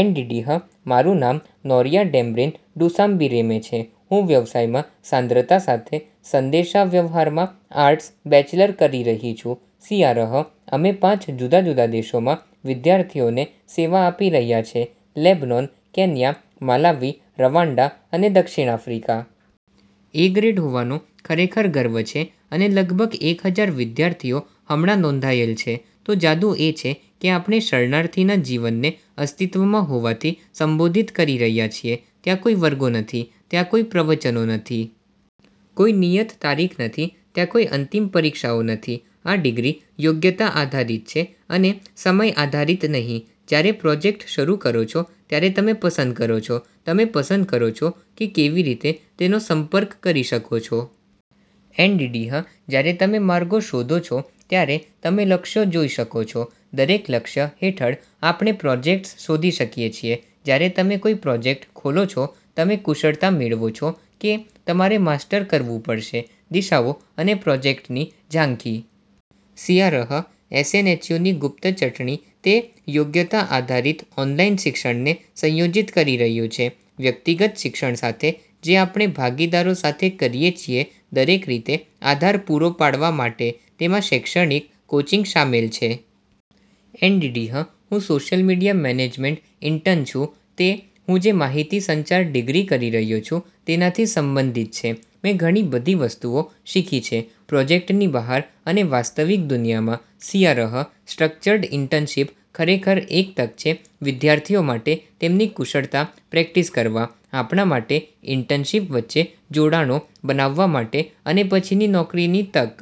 NDD: મારું નામ નોરીઆ ડેમ્બ્રીન ડુસાબીરેમે છે. હું વ્યવસાયમાં સાંદ્રતા સાથે સંદેશાવ્યવહારમાં આર્ટસ. બેચલર કરી રહી છું સીઆર: અમે પાંચ જુદા જુદા દેશોમાં વિદ્યાર્થીઓને સેવા આપી રહ્યા છીએ: લેબનોન, કેન્યા, માલાવી, રવાંડા અને દક્ષિણ આફ્રિકા. એ. ગ્રેડ હોવાનો ખરેખર ગર્વ છે અને લગભગ એક હજાર વિદ્યાર્થીઓ હમણાં નોંધાયેલ છે. તો, જાદુ એ છે કે આપણે શરણાર્થીના જીવનને અસ્તિત્વમાં હોવાથી સંબોધિત કરી રહ્યાં છીએ. ત્યાં કોઈ વર્ગો નથી. ત્યાં કોઈ પ્રવચનો નથી. કોઈ નિયત તારીખ નથી. ત્યાં કોઈ અંતિમ પરીક્ષાઓ નથી. આ ડિગ્રી યોગ્યતા આધારિત છે અને સમય-આધારિત નહીં. જ્યારે પ્રોજેક્ટ શરૂ કરો છો ત્યારે તમે પસંદ કરો છો. તમે પસંદ કરો છો કે કેવી રીતે તેનો સંપર્ક કરી શકો છો. એનડીડી: જ્યારે તમે માર્ગો શોધો છો, ત્યાં તમે લક્ષ્યો જોઈ શકો છો. દરેક લક્ષ્ય હેઠળ, આપણે પ્રોજેક્ટ્સ શોધી શકીએ છીએ. જ્યારે તમે કોઈ પ્રોજેક્ટ ખોલો છો, તમે કુશળતા મેળવો છો કે તમારે માસ્ટર કરવું પડશે, દિશાઓ અને પ્રોજેક્ટની ઝાંખી. સીઆર: એસએનએચયુની ગુપ્ત ચટણી તે યોગ્યતા આધારિત ઓનલાઇન શિક્ષણને સંયોજિત કરી રહ્યું છે વ્યક્તિગત શિક્ષણ સાથે જે આપણે ભાગીદારો સાથે કરીએ છીએ દરેક રીતે આધાર પૂરો પાડવા માટે. તેમાં શૈક્ષણિક કોચિંગ શામેલ છે. એનડીડી: હું સોશિયલ મીડિયા મેનેજમેન્ટ ઇન્ટર્ન છું તે હું જે માહિતીસંચાર ડિગ્રી કરી રહ્યો છું તેનાથી સંબંધિત છે. મેં ઘણી બધી વસ્તુઓ શીખી છે પ્રોજેક્ટની બહાર અને વાસ્તવિક દુનિયામાં. સીઆર: સ્ટ્રક્ચર્ડ ઇન્ટર્નશિપ ખરેખર એક તક છે વિદ્યાર્થીઓ માટે તેમની કુશળતા પ્રેક્ટિસ કરવા, આપણા માટે ઇન્ટરશિપ વચ્ચે જોડાણો બનાવવા માટે અને પછીની નોકરીની તક.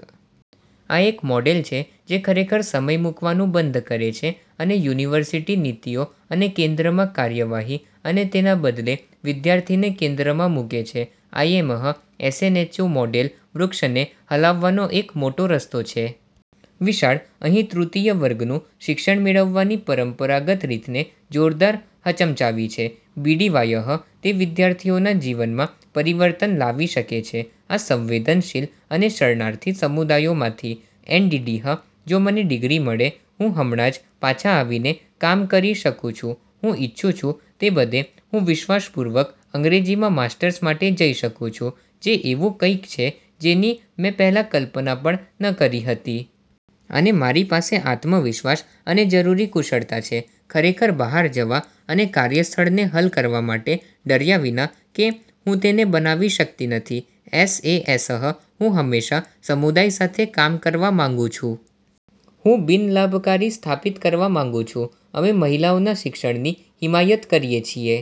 આ એક મોડેલ છે જે ખરેખર સમય મૂકવાનું બંધ કરે છે અને યુનિવર્સિટી નીતિઓ અને કેન્દ્રમાં કાર્યવાહી અને તેના બદલે વિદ્યાર્થીને કેન્દ્રમાં મૂકે છે. આઇએમ: એસએનએચયુ મોડેલ વૃક્ષને હલાવવાનો એક મોટો રસ્તો છે. વિશાળ. અહીં તૃતીય વર્ગનું શિક્ષણ મેળવવાની પરંપરાગત રીતને જોરદાર હચમચાવી છે. બીડીવાય: તે વિદ્યાર્થીઓના જીવનમાં પરિવર્તન લાવી શકે છે આ સંવેદનશીલ અને શરણાર્થી સમુદાયોમાંથી. એનડીડી: જો મને ડિગ્રી મળે, હું હમણાં જ પાછા આવીને કામ કરી શકું છું હું ઇચ્છું છું તે બધે હું વિશ્વાસપૂર્વક અંગ્રેજીમાં માસ્ટર્સ માટે જઇ શકું છું, જે એવું કંઈક છે જેની મેં પહેલાં કલ્પના પણ ન કરી હતી. અને મારી પાસે આત્મવિશ્વાસ અને જરૂરી કુશળતા છે ખરેખર બહાર જવા અને કાર્યસ્થળને હલ કરવા માટે ડર્યા વિના કે હું તેને બનાવી શકતી નથી. એસએએસ: હું હંમેશા સમુદાય સાથે કામ કરવા માંગુ છું. હું બિન-લાભકારી સ્થાપિત કરવા માંગું છું. અમે મહિલાઓના શિક્ષણની હિમાયત કરીએ છીએ.